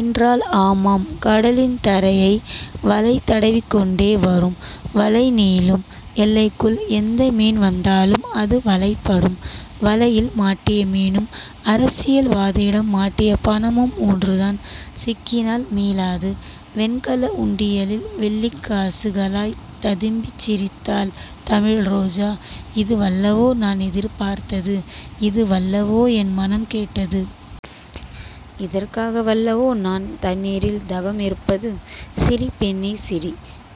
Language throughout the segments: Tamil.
என்றாள் ஆமாம். கடலின் தரையை வலை தடவிக்கொண்டே வரும். வலைநீளும் எல்லைக்குள் எந்த மீன் வந்தாலும் அது வலைப்படும். வலையில் மாட்டிய மீனும் அரசியல்வாதியிடம் மாட்டிய பணமும் ஒன்றுதான். சிக்கினால் மீளாது. வெண்கல உண்டியலில் வெள்ளிக்காசுகளாய்த் ததும்பிச் சிரித்தாள் தமிழ்ரோஜா. இதுவல்லவோ நான் எதிர்பார்த்தது. இதுவல்லவோ என் மனம் கேட்டது. இதற்காகவல்லவோ நான் தண்ணீரில் தவமிருப்பது. சிரி பெண்ணே சிரி.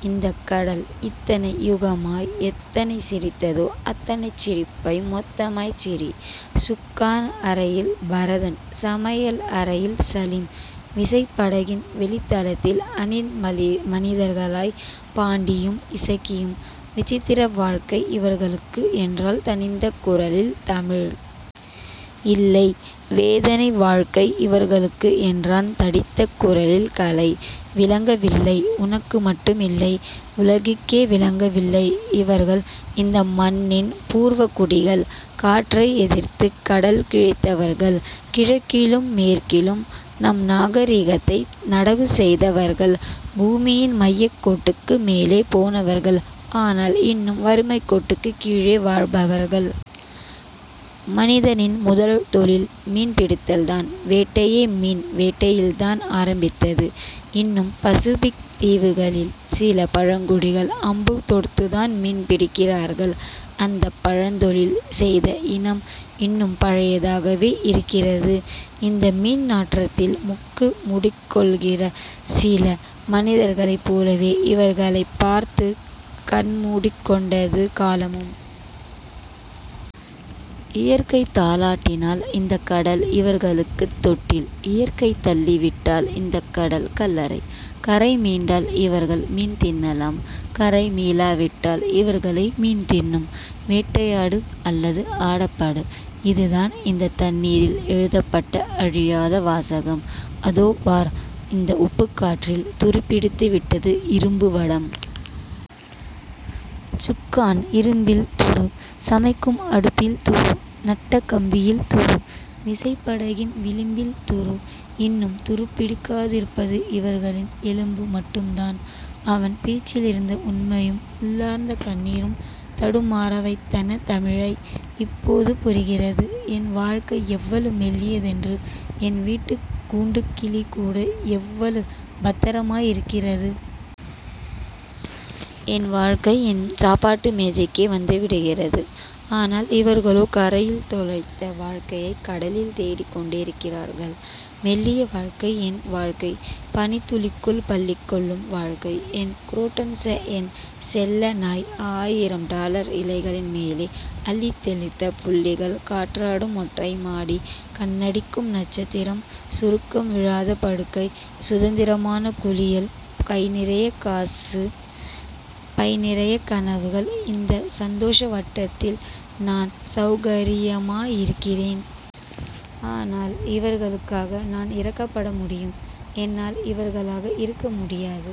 இந்தக் கடல் இத்தனை யுகமாய் எத்தனை சிரித்ததோ அத்தனைச் சிரிப்பையும் மொத்தமாய்ச் சிரி... சுக்கான் அறையில் பரதன். சமையல் அறையில் சலீம். விசைப்படகின் வெளித்தளத்தில் அணில் மனிதர்களாய் பாண்டியும் இசக்கியும். விசித்திர வாழ்க்கை இவர்களுக்கு என்றாள் தணிந்த குரலில் தமிழ். இல்லை. வேதனை வாழ்க்கை இவர்களுக்கு என்றான் தடித்த குரலில் கலை. விளங்கவில்லை. உனக்கு மட்டுமில்லை. உலகுக்கே விளங்கவில்லை. இவர்கள் இந்த மண்ணின் பூர்வகுடிகள். காற்றை எதிர்த்துக் கடல் கிழித்தவர்கள். கிழக்கிலும் மேற்கிலும் நம் நாகரிகத்தை நடவுசெய்தவர்கள். பூமியின் மையக்கோட்டுக்கு மேலே போனவர்கள். ஆனால் இன்னும் வறுமைக்கோட்டுக்குக் கீழே வாழ்பவர்கள். மனிதனின் முதல்தொழில் மீன்பிடித்தல்தான். வேட்டையே மீன் வேட்டையில்தான் ஆரம்பித்தது. இன்னும் பசிபிக் தீவுகளில் சில பழங்குடிகள் அம்பு தொடுத்துத்தான் மீன் பிடிக்கிறார்கள். அந்தப் பழந்தொழில் செய்த இனம் இன்னும் பழையதாகவே இருக்கிறது. இந்த மீன்நாற்றத்தில் முக்கு முடிக்கொள்கிற சில மனிதர்களைப் போலவே இவர்களைப் பார்த்துக் கண்முடிக் கொண்டது காலமும். இயற்கை தாலாட்டினால் இந்தக் கடல் இவர்களுக்குத் தொட்டில். இயற்கை தள்ளிவிட்டால் இந்தக் கடல் கல்லறை. கரை மீண்டால் இவர்கள் மீன்தின்னலாம். கரை மீளாவிட்டால் இவர்களை மீன்தின்னும். வேட்டையாடு. அல்லது ஆடப்படு. இதுதான் இந்தத் தண்ணீரில் எழுதப்பட்ட அழியாத வாசகம். அதோ பார். இந்த உப்புக் காற்றில் துருப்பிடித்துவிட்டது இரும்புவடம். சுக்கான் இரும்பில் துரு. சமைக்கும் அடுப்பில் துரு. நட்ட கம்பியில் துரு. விசைப்படகின் விளிம்பில் துரு. இன்னும் துருப்பிடிக்காதிருப்பது இவர்களின் எலும்பு மட்டும்தான். அவன் பேச்சிலிருந்த உண்மையும் உள்ளார்ந்த கண்ணீரும் தடுமாறவைத்தன தமிழை. இப்போது புரிகிறது. என் வாழ்க்கை எவ்வளவு மெல்லியதென்று. என் வீட்டுக் கூண்டுக்கிளிகூட எவ்வளவு பத்திரமாயிருக்கிறது? என் வாழ்க்கை என் சாப்பாட்டு மேஜைக்கே வந்துவிடுகிறது. ஆனால், இவர்களோ கரையில் தொலைத்த வாழ்க்கையைக் கடலில் தேடிக் கொண்டிருக்கிறார்கள். மெல்லிய வாழ்க்கை என் வாழ்க்கை. பனித் துளிக்குள் பள்ளிகொள்ளும் வாழ்க்கை. என் குரோட்டன்ஸ என் செல்ல நாய் ஆயிரம் டாலர் இலைகளின் மேலே அள்ளித் தெளித்த புள்ளிகள் காற்றாடும் மொட்டைமாடி கண்ணடிக்கும் நட்சத்திரம் சுருக்கம் விழாத படுக்கை சுதந்திரமான குளியல் கைநிறையக்காசு பைநிறையக் கனவுகள் இந்த சந்தோஷவட்டத்தில் நான் செளகரியமாயிருக்கிறேன். ஆனால், இவர்களுக்காக நான் இரக்கப்பட முடியும். என்னால் இவர்களாக இருக்க முடியாது.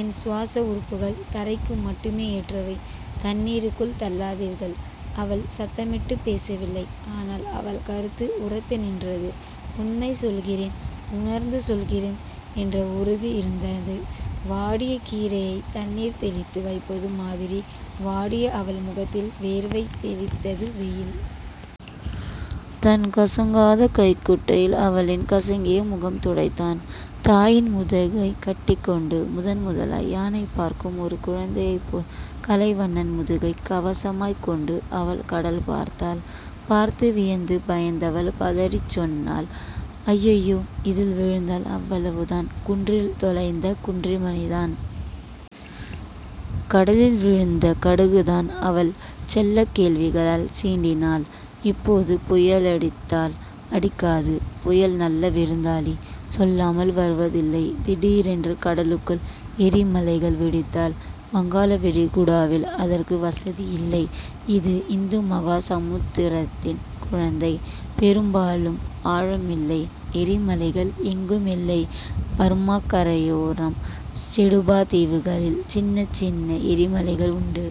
என் சுவாச உறுப்புகள் தரைக்கு மட்டுமே ஏற்றவை. தண்ணீருக்குள் தள்ளாதீர்கள். அவள் சத்தமிட்டுப் பேசவில்லை. ஆனால் அவள் கருத்து உரத்துநின்றது. உண்மை சொல்கிறேன் உணர்ந்து சொல்கிறேன் என்ற உறுதி இருந்தது. வாடிய கீரையைத் தண்ணீர்தெளித்து வைப்பது மாதிரி வாடிய அவள் முகத்தில் வேர்வை தெளித்தது வெயில். தன் கசங்காத கைக்குட்டையில் அவளின் கசங்கிய முகம்துடைத்தான். தாயின் முதுகைக் கட்டிக் கொண்டு முதன்முதலாய் யானைபார்க்கும் ஒரு குழந்தையைப் போல் கலைவண்ணன் முதுகைக் கவசமாய்க் கொண்டு அவள் கடல்பார்த்தாள். பார்த்து வியந்து பயந்தவள் பதறிச் சொன்னாள். அய்யய்யோ. இதில் விழுந்தால்? அவ்வளவுதான். குன்றில் தொலைந்த குன்றிமணிதான். கடலில் விழுந்த கடுகுதான்... அவள் செல்லக் கேள்விகளால் சீண்டினாள். இப்போது புயலடித்தால்? அடிக்காது. புயல் நல்ல விருந்தாளி. சொல்லாமல் வருவதில்லை... திடீரென்று கடலுக்குள் எரிமலைகள் வெடித்தால்? வங்காளவிரிகுடாவில் அதற்கு வசதி இல்லை. இது இந்துமகாசமுத்திரத்தின் குழந்தை. பெரும்பாலும் ஆழமில்லை. எரிமலைகள் எங்குமில்லை. பர்மாக் கரையோரம் செடுபா தீவுகளில் சின்னச் சின்ன எரிமலைகள் உண்டு.